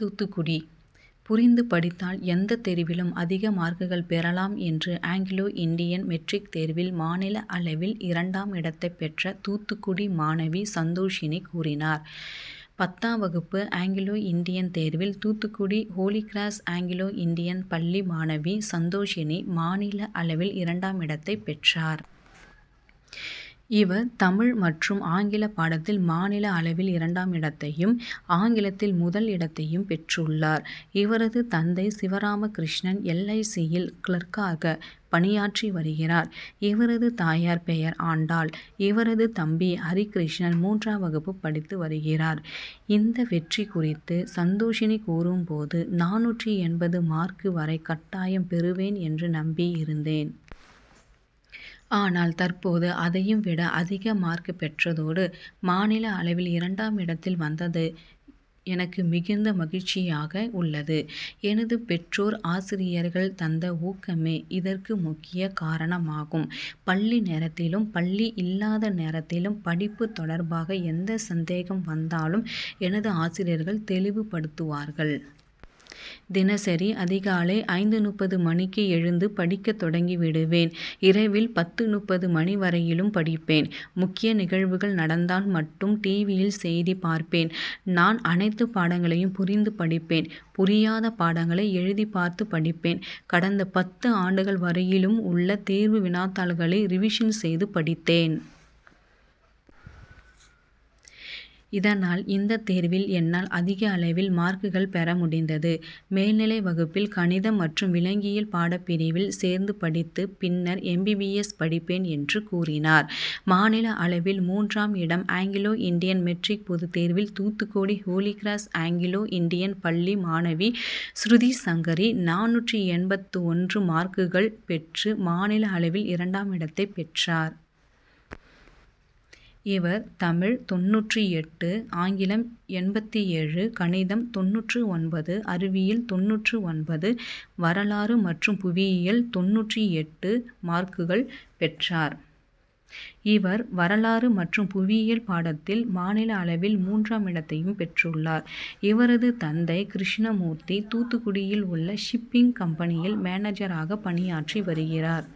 தூத்துக்குடி புரிந்து படித்தால் எந்த தேர்விலும் அதிக மார்க்குகள் பெறலாம் என்று ஆங்கிலோ இண்டியன் மெட்ரிக் தேர்வில் மாநில அளவில் இரண்டாம் இடத்தை பெற்ற தூத்துக்குடி மாணவி சந்தோஷிணி கூறினார். பத்தாம் வகுப்பு ஆங்கிலோ இண்டியன் தேர்வில் தூத்துக்குடி ஹோலிகிராஸ் ஆங்கிலோ இண்டியன் பள்ளி மாணவி சந்தோஷிணி மாநில அளவில் இரண்டாம் இடத்தை பெற்றார். இவர் தமிழ் மற்றும் ஆங்கில பாடத்தில் மாநில அளவில் இரண்டாம் இடத்தையும், ஆங்கிலத்தில் முதல் இடத்தையும் பெற்றுள்ளார். இவரது தந்தை சிவராமகிருஷ்ணன் எல்ஐசி.,யில் கிளார்க்காக பணியாற்றி வருகிறார். இவரது தாயார் பெயர் ஆண்டாள். இவரது தம்பி ஹரிகிருஷ்ணன் மூன்றாம் வகுப்பு படித்து வருகிறார். இந்த வெற்றி குறித்து சந்தோஷிணி கூறும் போது, நானூற்று எண்பது மார்க் வரை கட்டாயம் பெறுவேன் என்று நம்பி இருந்தேன். ஆனால் தற்போது அதையும் விட அதிக மார்க் பெற்றதோடு, மாநில அளவில் இரண்டாம் இடத்தில் வந்ததது எனக்கு மிகுந்த மகிழ்ச்சியாக உள்ளது. எனது பெற்றோர், ஆசிரியர்கள் தந்த ஊக்கமே இதற்கு முக்கிய காரணமாகும். பள்ளி நேரத்திலும், பள்ளி இல்லாத நேரத்திலும் படிப்பு தொடர்பாக எந்த சந்தேகம் வந்தாலும் எனது ஆசிரியர்கள் தெளிவுபடுத்துவார்கள். தினசரி அதிகாலை ஐந்து.முப்பது மணிக்கு எழுந்து படிக்க தொடங்கி விடுவேன். இரவில் பத்து.முப்பது மணி வரையிலும் படிப்பேன். முக்கிய நிகழ்வுகள் நடந்தால் மட்டும் டிவியில் செய்தி பார்ப்பேன். நான் அனைத்து பாடங்களையும் புரிந்து படிப்பேன். புரியாத பாடங்களை எழுதிபார்த்து படிப்பேன். கடந்த பத்து ஆண்டுகள் வரையிலும் உள்ள தேர்வு வினாத்தாள்களை ரிவிஷன் செய்து படித்தேன். இதனால் இந்த தேர்வில் என்னால் அதிக அளவில் மார்க்குகள் பெற முடிந்தது. மேல்நிலை வகுப்பில் கணிதம் மற்றும் விலங்கியல் பாடப்பிரிவில் சேர்ந்து படித்து பின்னர் எம்பிபிஎஸ்., படிப்பேன் என்று கூறினார். மாநில அளவில் மூன்றாம் இடம் அங்கிலோ இண்டியன் மெட்ரிக் பொதுத்தேர்வில் தூத்துக்குடி ஹோலிகிராஸ் ஆங்கிலோ இண்டியன் பள்ளி மாணவி சுருதிசங்கரி நானூற்று எண்பத்தொன்று மார்க்குகள் பெற்று மாநில அளவில் இரண்டாம் இடத்தை பெற்றார். இவர் தமிழ் - தொண்ணூற்று எட்டு, ஆங்கிலம் - எண்பத்தேழு, கணிதம்-தொண்ணூற்று ஒன்பது, அறிவியல்-தொண்ணூற்று ஒன்பது, வரலாறு மற்றும் புவியியல்-தொண்ணூற்று எட்டு மார்க்குள் பெற்றார். இவர் வரலாறு மற்றும் புவியியல் பாடத்தில் மாநில அளவில் மூன்றாம் இடத்தையும் பெற்றுள்ளார். இவரது தந்தை கிருஷ்ணமூர்த்தி தூத்துக்குடியில் உள்ள ஷிப்பிங் கம்பெனியில் மேனேஜராக பணியாற்றி வருகிறார்.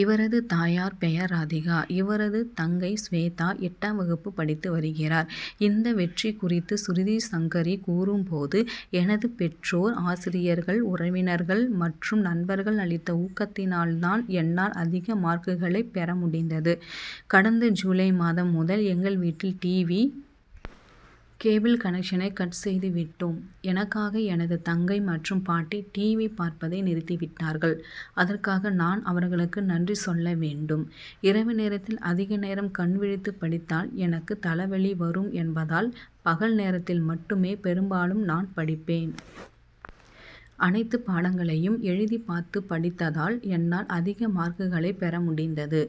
இவரது தாயார் பெயர் ராதிகா. இவரது தங்கை சுவேதா எட்டாம் வகுப்பு படித்து வருகிறார். இந்த வெற்றி குறித்து சுருதிசங்கரி கூறும் போது, எனது பெற்றோர், ஆசிரியர்கள், உறவினர்கள் மற்றும் நண்பர்கள் அளித்த ஊக்கத்தினால் தான் என்னால் அதிக மார்க்குகளை பெற முடிந்தது. கடந்த ஜுலை மாதம் முதல் எங்கள் வீட்டில் டிவி. கேபிள் கனெக்ஷனை கட் செய்துவிட்டோம். எனக்காக எனது தங்கை மற்றும் பாட்டி டிவி., பார்ப்பதை நிறுத்திவிட்டார்கள். அதற்காக நான் அவர்களுக்கு நன்றி செல்ல வேண்டும். இரவு நேரத்தில் அதிக நேரம் கண்விழித்து படித்தால் எனக்கு தலைவலி வரும் என்பதால் பகல் நேரத்தில் மட்டுமே பெரும்பாலும் நான் படிப்பேன். அனைத்து பாடங்களையும் எழுதி பார்த்து படித்ததால் என்னால் அதிக மார்க்குகளை பெற முடிந்தது.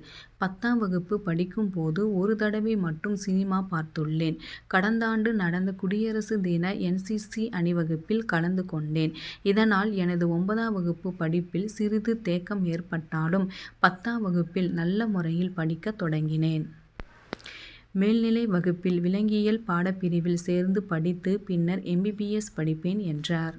பத்தாம் வகுப்பு படிக்கும் போது ஒரு தடவை மட்டும் சினிமா பார்த்துள்ளேன். கடந்தாண்டு நடந்த குடியரசு தின என்சிசி., அணிவகுப்பில் கலந்து கொண்டேன். இதனால் எனது ஒன்பதாம் வகுப்பு படிப்பில் சிறிது தேக்கம் ஏற்பட்டாலும், பத்தாம் வகுப்பில் நல்ல முறையில் படிக்க தொடங்கினேன். மேல்நிலை வகுப்பில் விலங்கியல் பாடப்பிரிவில் சேர்ந்து படித்து பின்னர் எம்பிபிஎஸ்., படிப்பேன் என்றார்.